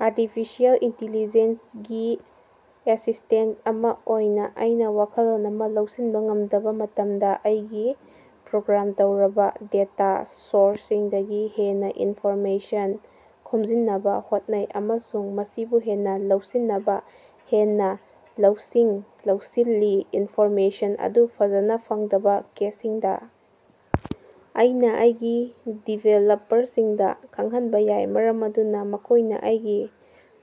Artificial intelligence ꯒꯤ assistant ꯑꯃ ꯑꯣꯏꯅ ꯑꯩꯅ ꯋꯥꯈꯜꯂꯣꯟ ꯑꯃ ꯂꯧꯁꯤꯟꯕ ꯉꯝꯗꯕ ꯃꯇꯝꯗ ꯑꯩꯒꯤ ꯄ꯭ꯔꯣꯒ꯭ꯔꯥꯝ ꯇꯧꯔꯕ ꯗꯦꯇꯥ ꯁꯣꯔꯁꯁꯤꯡꯗꯒꯤ ꯍꯦꯟꯅ ꯏꯟꯐꯣꯔꯃꯦꯁꯟ ꯈꯣꯝꯖꯤꯟꯅꯕ ꯍꯣꯠꯅꯩ ꯑꯃꯁꯨꯡ ꯃꯁꯤꯕꯨ ꯍꯦꯟꯅ ꯂꯧꯁꯤꯟꯅꯕ ꯍꯦꯟꯅ ꯂꯧꯁꯤꯡ ꯂꯧꯁꯤꯜꯂꯤ꯫ ꯏꯟꯐꯣꯔꯃꯦꯁꯟ ꯑꯗꯨ ꯐꯖꯅ ꯐꯪꯗꯕ ꯀꯦꯁꯁꯤꯡꯗ, ꯑꯩꯅ ꯑꯩꯒꯤ ꯗꯤꯚꯦꯂꯞꯄꯔꯁꯤꯡꯗ ꯈꯪꯍꯟꯕ ꯌꯥꯏ ꯃꯔꯝ ꯑꯗꯨꯅ ꯃꯈꯣꯏꯅ ꯑꯩꯒꯤ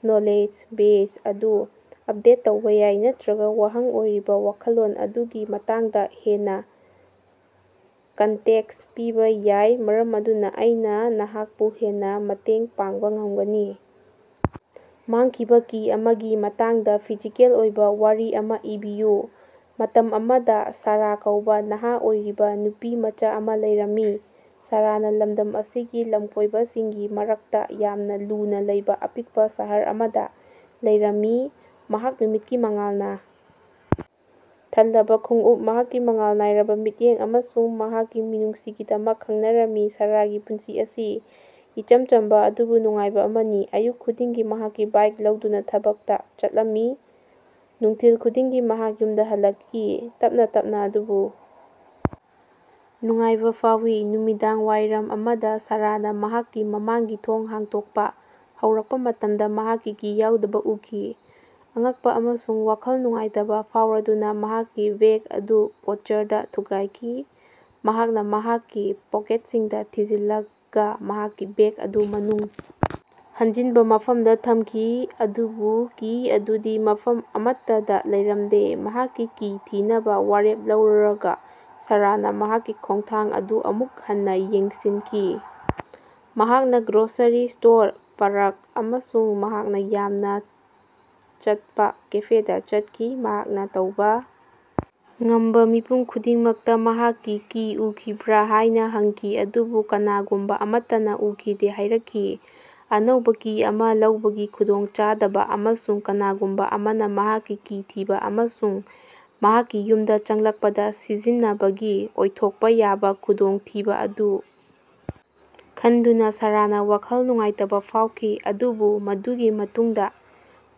ꯅꯣꯂꯦꯖ ꯕꯦꯖ ꯑꯗꯨ ꯑꯞꯗꯦꯠ ꯇꯧꯕ ꯌꯥꯏ ꯅꯠꯇꯔꯒ ꯋꯥꯍꯪ ꯑꯣꯏꯔꯤꯕ ꯋꯥꯈꯜꯂꯣꯟ ꯑꯗꯨꯒꯤ ꯃꯇꯥꯡꯗ ꯍꯦꯟꯅ ꯀꯟꯇꯦꯛꯁ ꯄꯤꯕ ꯌꯥꯏ ꯃꯔꯝ ꯑꯗꯨꯅ ꯑꯩꯅ ꯅꯍꯥꯛꯄꯨ ꯍꯦꯟꯅ ꯃꯇꯦꯡ ꯄꯥꯡꯕ ꯉꯝꯒꯅꯤ꯫ ꯃꯥꯡꯈꯤꯕ ꯀꯤ ꯑꯃꯒꯤ ꯃꯇꯥꯡꯗ ꯐꯤꯖꯤꯀꯦꯜ ꯑꯣꯏꯕ ꯋꯥꯔꯤ ꯑꯃ ꯏꯕꯤꯌꯨ꯫ ꯃꯇꯝ ꯑꯃꯗ ꯁꯥꯔꯥ ꯀꯧꯕ ꯅꯍꯥ ꯑꯣꯏꯔꯤꯕ ꯅꯨꯄꯤ ꯃꯆꯥ ꯑꯃ ꯂꯩꯔꯝꯃꯤ꯫ ꯁꯥꯔꯥꯅ ꯂꯝꯗꯝ ꯑꯁꯤꯒꯤ ꯂꯝꯀꯣꯏꯕꯁꯤꯡꯒꯤ ꯃꯔꯛꯇ ꯌꯥꯝꯅ ꯂꯨꯅꯥ ꯂꯩꯕ ꯑꯄꯤꯛꯄ ꯁꯍꯔ ꯑꯃꯗ ꯂꯩꯔꯝꯃꯤ꯫ ꯃꯍꯥꯛ ꯅꯨꯃꯤꯠꯀꯤ ꯃꯉꯥꯜꯅ ꯊꯜꯂꯕ ꯈꯣꯡꯎꯞ, ꯃꯍꯥꯛꯀꯤ ꯃꯉꯥꯜ ꯅꯥꯏꯔꯕꯥ ꯃꯤꯠꯌꯦꯡ ꯑꯃꯁꯨꯡ ꯃꯍꯥꯛꯀꯤ ꯃꯤꯅꯨꯡꯁꯤꯒꯤꯗꯃꯛ ꯈꯪꯅꯔꯝꯃꯤ꯫ ꯁꯥꯔꯥꯒꯤ ꯄꯨꯟꯁꯤ ꯑꯁꯤ ꯏꯆꯝ ꯆꯝꯕ ꯑꯗꯨꯕꯨ ꯅꯨꯡꯉꯥꯏꯕ ꯑꯃꯅꯤ꯫ ꯑꯌꯨꯛ ꯈꯨꯗꯤꯡꯒꯤ ꯃꯍꯥꯛꯀꯤ ꯕꯥꯏ꯭ꯛ ꯂꯧꯗꯨꯅ ꯊꯕꯛꯇ ꯆꯠꯂꯝꯃꯤ꯫ ꯅꯨꯡꯊꯤꯜ ꯈꯨꯗꯤꯡꯒꯤ ꯃꯍꯥꯛ ꯌꯨꯝꯗ ꯍꯜꯂꯛꯏ, ꯇꯞꯅꯥ ꯇꯞꯅꯥ ꯑꯗꯨꯕꯨ ꯅꯨꯡꯉꯥꯏꯕ ꯐꯥꯎꯏ꯫ ꯅꯨꯃꯤꯗꯥꯡꯋꯥꯏꯔꯝ ꯑꯃꯗ ꯁꯥꯔꯥꯅ ꯃꯍꯥꯛꯀꯤ ꯃꯃꯥꯡꯒꯤ ꯊꯣꯡ ꯍꯥꯡꯗꯣꯛꯄ ꯍꯧꯔꯛꯄ ꯃꯇꯝꯗ ꯃꯍꯥꯛꯀꯤ ꯀꯤ ꯌꯥꯎꯗꯕꯥ ꯎꯈꯤ꯫ ꯑꯉꯛꯄ ꯑꯃꯁꯨꯡ ꯋꯥꯈꯜ ꯅꯨꯡꯉꯥꯏꯇꯕꯥ ꯐꯥꯎꯔꯗꯨꯅ ꯃꯍꯥꯛꯀꯤ ꯕꯦꯒ ꯑꯗꯨ ꯄꯣꯔꯆꯔꯗꯥ ꯊꯨꯒꯥꯏꯈꯤ꯫ ꯃꯍꯥꯛꯅ ꯃꯍꯥꯛꯀꯤ ꯄꯣꯀꯦꯠꯁꯤꯡꯗ ꯊꯤꯖꯤꯜꯂꯒꯥ ꯃꯍꯥꯛꯀꯤ ꯕꯦꯒ ꯑꯗꯨ ꯃꯅꯨꯡ ꯍꯟꯖꯤꯟꯕ ꯃꯐꯝꯗ ꯊꯝꯈꯤ ꯑꯗꯨꯕꯨ ꯀꯤ ꯑꯗꯨꯗꯤ ꯃꯐꯝ ꯑꯃꯠꯇꯗ ꯂꯩꯔꯝꯗꯦ꯫ ꯃꯍꯥꯛꯀꯤ ꯀꯤ ꯊꯤꯅꯕꯥ ꯋꯥꯔꯦꯞ ꯂꯧꯔꯒ ꯁꯥꯔꯥꯅ ꯃꯍꯥꯛꯀꯤ ꯈꯣꯡꯊꯥꯡ ꯑꯗꯨ ꯑꯃꯨꯛ ꯍꯟꯅ ꯌꯦꯡꯁꯤꯟꯈꯤ꯫ ꯃꯍꯥꯛꯅ ꯒ꯭ꯔꯣꯁꯥꯔꯤ ꯁ꯭ꯇꯣꯔ, ꯄꯥꯔꯛ ꯑꯃꯁꯨꯡ ꯃꯍꯥꯛꯅ ꯌꯥꯝꯅ ꯆꯠꯄ ꯀꯦꯐꯦꯗꯥ ꯆꯠꯈꯤ꯫ ꯃꯍꯥꯛꯅ ꯇꯧꯕ ꯉꯝꯕ ꯃꯤꯄꯨꯝ ꯈꯨꯗꯤꯡꯃꯛꯇ ꯃꯍꯥꯛꯀꯤ ꯀꯤ ꯎꯈꯤꯕ꯭ꯔꯥ ꯍꯥꯏꯅ ꯍꯪꯈꯤ ꯑꯗꯨꯕꯨ ꯀꯅꯥꯒꯨꯝꯕ ꯑꯃꯠꯇꯅꯥ ꯎꯈꯤꯗꯦ ꯍꯥꯏꯔꯛꯈꯤ꯫ ꯑꯅꯧꯕ ꯀꯤ ꯑꯃ ꯂꯧꯕꯒꯤ ꯈꯨꯗꯣꯡꯆꯥꯗꯕ ꯑꯃꯁꯨꯡ ꯀꯅꯥꯒꯨꯝꯕ ꯑꯃꯅ ꯃꯍꯥꯛꯀꯤ ꯀꯤ ꯊꯤꯕ ꯑꯃꯁꯨꯡ ꯃꯍꯥꯛꯀꯤ ꯌꯨꯝꯗ ꯆꯪꯂꯛꯄꯗ ꯁꯤꯖꯤꯟꯅꯕꯒꯤ ꯑꯣꯏꯊꯣꯛꯄ ꯌꯥꯕ ꯈꯨꯗꯣꯡꯊꯤꯕ ꯑꯗꯨ ꯈꯟꯗꯨꯅ ꯁꯥꯔꯥꯅ ꯋꯥꯈꯜ ꯅꯨꯡꯉꯥꯏꯇꯕꯥ ꯐꯥꯎꯈꯤ꯫ ꯑꯗꯨꯕꯨ ꯃꯗꯨꯒꯤ ꯃꯇꯨꯡꯗ,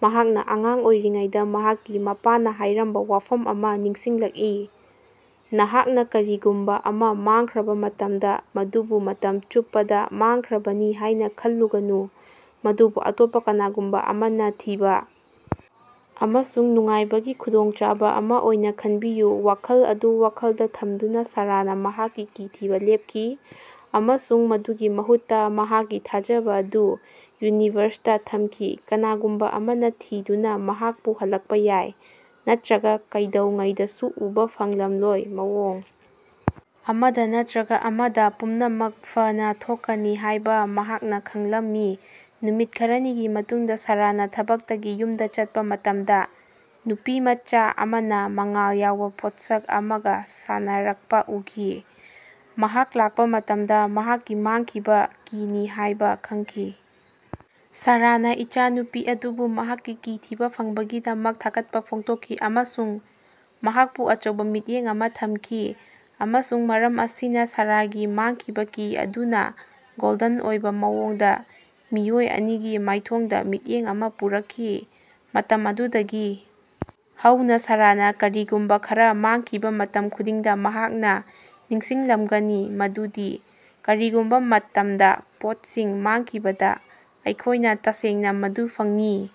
ꯃꯍꯥꯛꯅ ꯑꯉꯥꯡ ꯑꯣꯏꯔꯤꯉꯩꯗ ꯃꯍꯥꯛꯀꯤ ꯃꯄꯥꯅ ꯍꯥꯏꯔꯝꯕ ꯋꯥꯐꯝ ꯑꯃ ꯅꯤꯡꯁꯤꯡꯂꯛꯏ, ꯅꯍꯥꯛꯅꯥ ꯀꯔꯤꯒꯨꯝꯕ ꯑꯃ ꯃꯥꯡꯈ꯭ꯔꯕ ꯃꯇꯝꯗ, ꯃꯗꯨꯕꯨ ꯃꯇꯝ ꯆꯨꯞꯄꯗ ꯃꯥꯡꯈ꯭ꯔꯕꯅꯤ ꯍꯥꯏꯅ ꯈꯜꯂꯨꯒꯅꯨ, ꯃꯗꯨꯕꯨ ꯑꯇꯣꯞꯄ ꯀꯅꯥꯒꯨꯝꯕ ꯑꯃꯅ ꯊꯤꯕ ꯑꯃꯁꯨꯡ ꯅꯨꯡꯉꯥꯏꯕꯒꯤ ꯈꯨꯗꯣꯡꯆꯥꯕ ꯑꯃ ꯑꯣꯏꯅ ꯈꯟꯕꯤꯌꯨ꯫ꯋꯥꯈꯜ ꯑꯗꯨ ꯋꯥꯈꯜꯗ ꯊꯝꯗꯨꯅ ꯁꯥꯔꯥꯅ ꯃꯍꯥꯛꯀꯤ ꯀꯤ ꯊꯤꯕ ꯂꯦꯞꯈꯤ ꯑꯃꯁꯨꯡ ꯃꯗꯨꯒꯤ ꯃꯍꯨꯠꯇ ꯃꯍꯥꯛꯀꯤ ꯊꯥꯖꯕ ꯑꯗꯨ ꯌꯨꯅꯤꯚꯔꯁꯇꯥ ꯊꯝꯈꯤ꯫ ꯀꯅꯥꯒꯨꯝꯕ ꯑꯃꯅ ꯊꯤꯗꯨꯅ ꯃꯍꯥꯛꯄꯨ ꯍꯜꯂꯛꯄꯥ ꯌꯥꯏ, ꯅꯠꯇꯔꯒ ꯀꯩꯗꯧꯉꯩꯗꯁꯨ ꯎꯕꯥ ꯐꯪꯂꯝꯂꯣꯏ꯫ ꯃꯑꯣꯡ ꯑꯃꯗ‌ ꯅꯠꯇꯔꯒ ꯑꯃꯗ, ꯄꯨꯝꯅꯃꯛ ꯐꯅꯥ ꯊꯣꯛꯀꯅꯤ ꯍꯥꯏꯕ ꯃꯍꯥꯛꯅ ꯈꯪꯂꯝꯃꯤ꯫ ꯅꯨꯃꯤꯠ ꯈꯔꯅꯤꯒꯤ ꯃꯇꯨꯡꯗ ꯁꯥꯔꯥꯅ ꯊꯕꯛꯇꯒꯤ ꯌꯨꯝꯗ ꯆꯠꯄꯥ ꯃꯇꯝꯗ ꯅꯨꯄꯤꯃꯆꯥ ꯑꯃꯅ ꯃꯉꯥꯜ ꯌꯥꯎꯕ ꯄꯣꯠꯁꯛ ꯑꯃꯒ ꯁꯥꯟꯅꯔꯛꯄ ꯎꯈꯤ꯫ ꯃꯍꯥꯛ ꯂꯥꯛꯄ ꯃꯇꯝꯗ ꯃꯍꯥꯛꯀꯤ ꯃꯥꯡꯈꯤꯕ ꯀꯤꯅꯤ ꯍꯥꯏꯕ ꯈꯪꯈꯤ꯫ ꯁꯥꯔꯥꯅ ꯏꯆꯥꯅꯨꯄꯤ ꯑꯗꯨꯕꯨ ꯃꯍꯥꯛꯀꯤ ꯀꯤ ꯊꯤꯕ ꯐꯪꯕꯒꯤꯗꯃꯛ ꯊꯥꯒꯠꯄꯥ ꯐꯣꯡꯗꯣꯛꯈꯤ ꯑꯃꯁꯨꯡ ꯃꯍꯥꯛꯄꯨ ꯑꯆꯧꯕ ꯃꯤꯠꯌꯦꯡ ꯑꯃ ꯊꯝꯈꯤ꯫ ꯑꯃꯁꯨꯡ ꯃꯔꯝ ꯑꯁꯤꯅ, ꯁꯥꯔꯥꯒꯤ ꯃꯥꯡꯈꯤꯕ ꯀꯤ ꯑꯗꯨꯅ, ꯒꯣꯜꯗꯟ ꯑꯣꯏꯕ ꯃꯑꯣꯡꯗ, ꯃꯤꯑꯣꯏ ꯑꯅꯤꯒꯤ ꯃꯥꯏꯊꯣꯡꯗ ꯃꯤꯠꯌꯦꯡ ꯑꯃ ꯄꯨꯔꯛꯈꯤ꯫ ꯃꯇꯝ ꯑꯗꯨꯗꯒꯤ ꯍꯧꯅ ꯁꯥꯔꯥꯅ ꯀꯔꯤꯒꯨꯝꯕ ꯈꯔꯥ ꯃꯥꯡꯈꯤꯕ ꯃꯇꯝ ꯈꯨꯗꯤꯡꯗ ꯃꯍꯥꯛꯅ ꯅꯤꯡꯁꯤꯡꯂꯝꯒꯅꯤ ꯃꯗꯨꯗꯤ ꯀꯔꯤꯒꯨꯝꯕ ꯃꯇꯝꯗ, ꯄꯣꯠꯁꯤꯡ ꯃꯥꯡꯈꯤꯕꯗ, ꯑꯩꯈꯣꯏꯅ ꯇꯁꯦꯡꯅ ꯃꯗꯨ ꯐꯪꯏ꯫